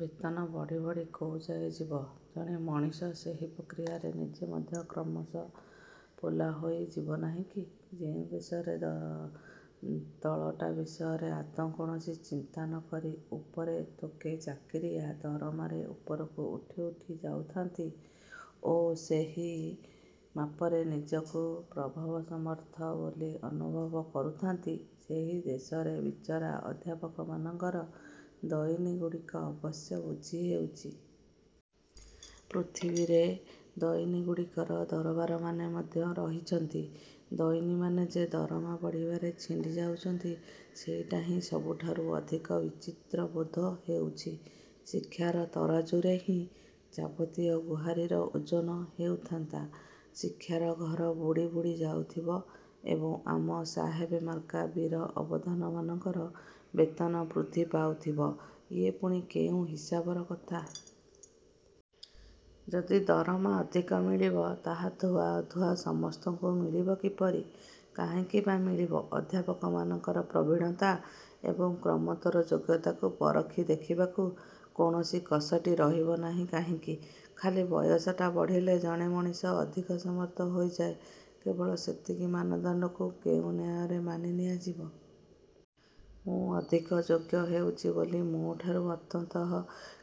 ବେତନ ବଢ଼ି ବଢ଼ି କୋଉଯାଏ ଯିବ। ଜଣେ ମଣିଷ ସେହି ପ୍ରକ୍ରିୟାରେ ନିଜେ ମଧ୍ୟ କ୍ରମଶଃ ପୋଲା ହୋଇ ଯିବନାହିଁ କି? ଯେଉଁ ଦେଶରେ ତଳଟା ବିଷୟରେ ଆଦୌ କୌଣସି ଚିନ୍ତା ନକରି ଉପରେ ଥୋକେ ଚାକିରିଆ ଦରମାରେ ଉପରକୁ ଉଠି ଉଠି ଯାଉଥାନ୍ତି ଓ ସେହି ମାପରେ ନିଜକୁ ପ୍ରଭବସମର୍ଥ ବୋଲି ଅନୁଭବ କରୁଥାନ୍ତି, ସେହି ଦେଶରେ ବିଚରା ଅଧ୍ୟାପକମାନଙ୍କର ଦଇନିଗୁଡ଼ିକ ଅବଶ୍ୟ ବୁଝି ହେଉଛି। ପୃଥିବୀରେ ଦଇନିଗୁଡ଼ିକର ଦରବାରମାନେ ମଧ୍ୟ ରହିଛନ୍ତି। ଦଇନିମାନେ ଯେ ଦରମା ବଢ଼ିବାରେ ଛିଣ୍ଡି ଯାଉଛନ୍ତି ସେଇଟା ହିଁ ସବୁଠାରୁ ଅଧିକ ବିଚିତ୍ର ବୋଧ ହେଉଛି। ଶିକ୍ଷାର ତରାଜୁରେ ହିଁ ଯାବତୀୟ ଗୁହାରିର ଓଜନ ହେଉଥାନ୍ତା। ଶିକ୍ଷାର ଘର ବୁଡ଼ି ବୁଡ଼ି ଯାଉଥିବ ଏବଂ ଆମ ସାହେବମାର୍କା ବୀର ଅବଧାନମାନଙ୍କର ବେତନ ବୃଦ୍ଧି ପାଉଥିବ, ଇଏ ପୁଣି କେଉଁ ହିସାବର କଥା? ଯଦି ଦରମା ଅଧିକ ମିଳିବ, ତାହା ଧୁଆ ଅଧୁଆ ସମସ୍ତଙ୍କୁ ମିଳିବ କିପରି? କାହିଁକି ବା ମିଳିବ? ଅଧ୍ୟାପକମାନଙ୍କର ପ୍ରବୀଣତା ଏବଂ କ୍ରମୋତ୍ତର ଯୋଗ୍ୟତାକୁ ପରଖି ଦେଖିବାକୁ କୌଣସି କଷଟି ରହିବ ନାହିଁ କାହିଁକି? ଖାଲି ବୟସଟା ବଢ଼ିଲେ ଜଣେ ମଣିଷ ଅଧିକ ସମର୍ଥ ହୋଇଯାଏ, କେବଳ ସେତିକି ମାନଦଣ୍ଡକୁ କେଉଁ ନ୍ୟାୟରେ ମାନି ନିଆଯିବ? ମୁଁ ଅଧିକ ଯୋଗ୍ୟ ହେଉଛି ବୋଲି ମୋ ଠାରୁ ଅନ୍ତତଃ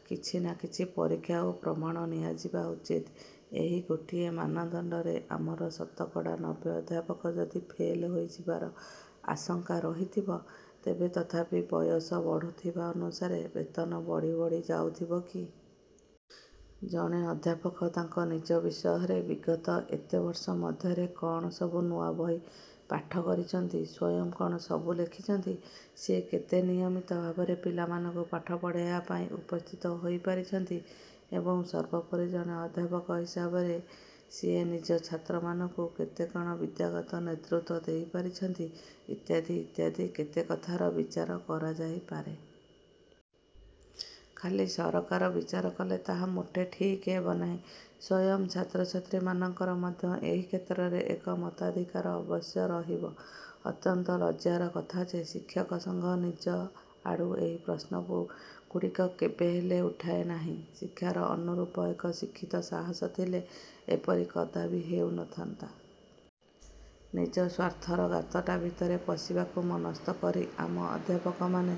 କିଛି ନା କିଛି ପରୀକ୍ଷା ଓ ପ୍ରମାଣ ନିଆଯିବା ଉଚିତ। ଏହି ଗୋଟିଏ ମାନଦଣ୍ଡରେ ଆମର ଶତକଡ଼ା ନବେ ଅଧ୍ୟାପକ ଯଦି ଫେଲ୍ ହୋଇଯିବାର ଆଶଙ୍କା ରହିଥିବ, ତେବେ ତଥାପି ବୟସ ବଢୁଥିବା ଅନୁସାରେ ବେତନ ବଢ଼ି ବଢ଼ି ଯାଉଥିବ କି? ଜଣେ ଅଧ୍ୟାପକ ତାଙ୍କ ନିଜ ବିଷୟରେ ବିଗତ ଏତେ ବର୍ଷ ମଧ୍ୟରେ କଣ ସବୁ ନୂଆ ବହି ପାଠ କରିଛନ୍ତି, ସ୍ୱୟଂ କଣ ସବୁ ଲେଖିଛନ୍ତି, ସିଏ କେତେ ନିୟମିତ ଭାବରେ ପିଲାମାନଙ୍କୁ ପାଠ ପଢ଼ାଇବା ପାଇଁ ଉପସ୍ଥିତ ହୋଇ ପାରିଛନ୍ତି, ଏବଂ ସର୍ବୋପରି, ଜଣେ ଅଧ୍ୟାପକ ହିସାବରେ ସିଏ ନିଜ ଛାତ୍ରମାନଙ୍କୁ କେତେ କଣ ବିଦ୍ୟାଗତ ନେତୃତ୍ଵ ଦେଇ ପାରିଛନ୍ତି, ଇତ୍ୟାଦି ଇତ୍ୟାଦି କେତେ କଥାର ବିଚାର କରାଯାଇପାରେ। ଖାଲି ସରକାର ବିଚାର କଲେ ତାହା ମୋଟେ ଠିକ୍ ହେବ ନାହିଁ। ସ୍ଵୟଂ ଛାତ୍ରଛାତ୍ରୀମାନଙ୍କର ମଧ୍ୟ ଏହି କ୍ଷେତ୍ରରେ ଏକ ମତାଧିକାର ଅବଶ୍ୟ ରହିବ। ଅତ୍ୟନ୍ତ ଲଜ୍ଜାର କଥା ଯେ, ଶିକ୍ଷକ ସଂଘ ନିଜ ଆଡୁ ଏହି ପ୍ରଶ୍ନଗୁଡ଼ିକ କେବେ ହେଲେ ଉଠାଏ ନାହିଁ। ଶିକ୍ଷାର ଅନୁରୂପ ଏକ ଶିକ୍ଷିତ ସାହସ ଥିଲେ ଏପରି କଦାପି ହେଉ ନଥାନ୍ତା। ନିଜ ସ୍ୱାର୍ଥର ଗାତଟା ଭିତରେ ପଶିବାକୁ ମନସ୍ଥ କରି ଆମ ଅଧ୍ୟାପକମାନେ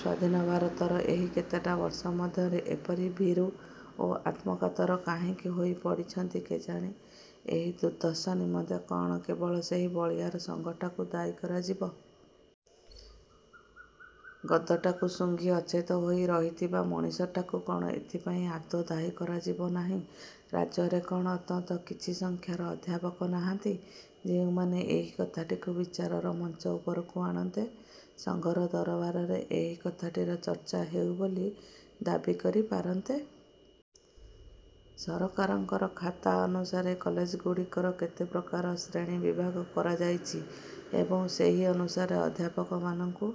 ସ୍ୱାଧୀନ ଭାରତର ଏହି କେତେଟା ବର୍ଷ ମଧ୍ୟରେ ଏପରି ଭୀରୁ ଓ ଆତ୍ମକାତର କାହିଁକି ହୋଇ ପଡ଼ିଛନ୍ତି କେଜାଣି? ଏହି ଦୁର୍ଦ୍ଦଶା ନିମନ୍ତେ କଣ କେବଳ ସେହି ବଳୀୟାର ସଂଘଟାକୁ ଦାୟୀ କରାଯିବ? ଗଦଟାକୁ ସୁଂଘି ଅଚେତ ହୋଇ ରହିଥିବା ମଣିଷଟାକୁ କଣ ଏଥିପାଇଁ ଆଦୌ ଦାୟୀ କରାଯିବ ନାହିଁ? ରାଜ୍ୟରେ କଣ ଅନ୍ତତଃ କିଛି ସଂଖ୍ୟାର ଅଧ୍ୟାପକ ନାହାନ୍ତି, ଯେଉଁମାନେ ଏହି କଥାଟିକୁ ବିଚାରର ମଞ୍ଚ ଉପରକୁ। ଆଣନ୍ତେ, ସଂଘର ଦରବାରରେ ଏହି କଥାଟିର ଚର୍ଚ୍ଚା ହେଉ ବୋଲି ଦାବି କରି ପାରନ୍ତେ। ସରକାରଙ୍କର ଖାତା ଅନୁସାରେ କଲେଜଗୁଡ଼ିକର କେତେ ପ୍ରକାର ଶ୍ରେଣୀବିଭାଗ କରାଯାଇଛି ଏବଂ ସେହି ଅନୁସାରେ ଅଧ୍ୟାପକମାନଙ୍କୁ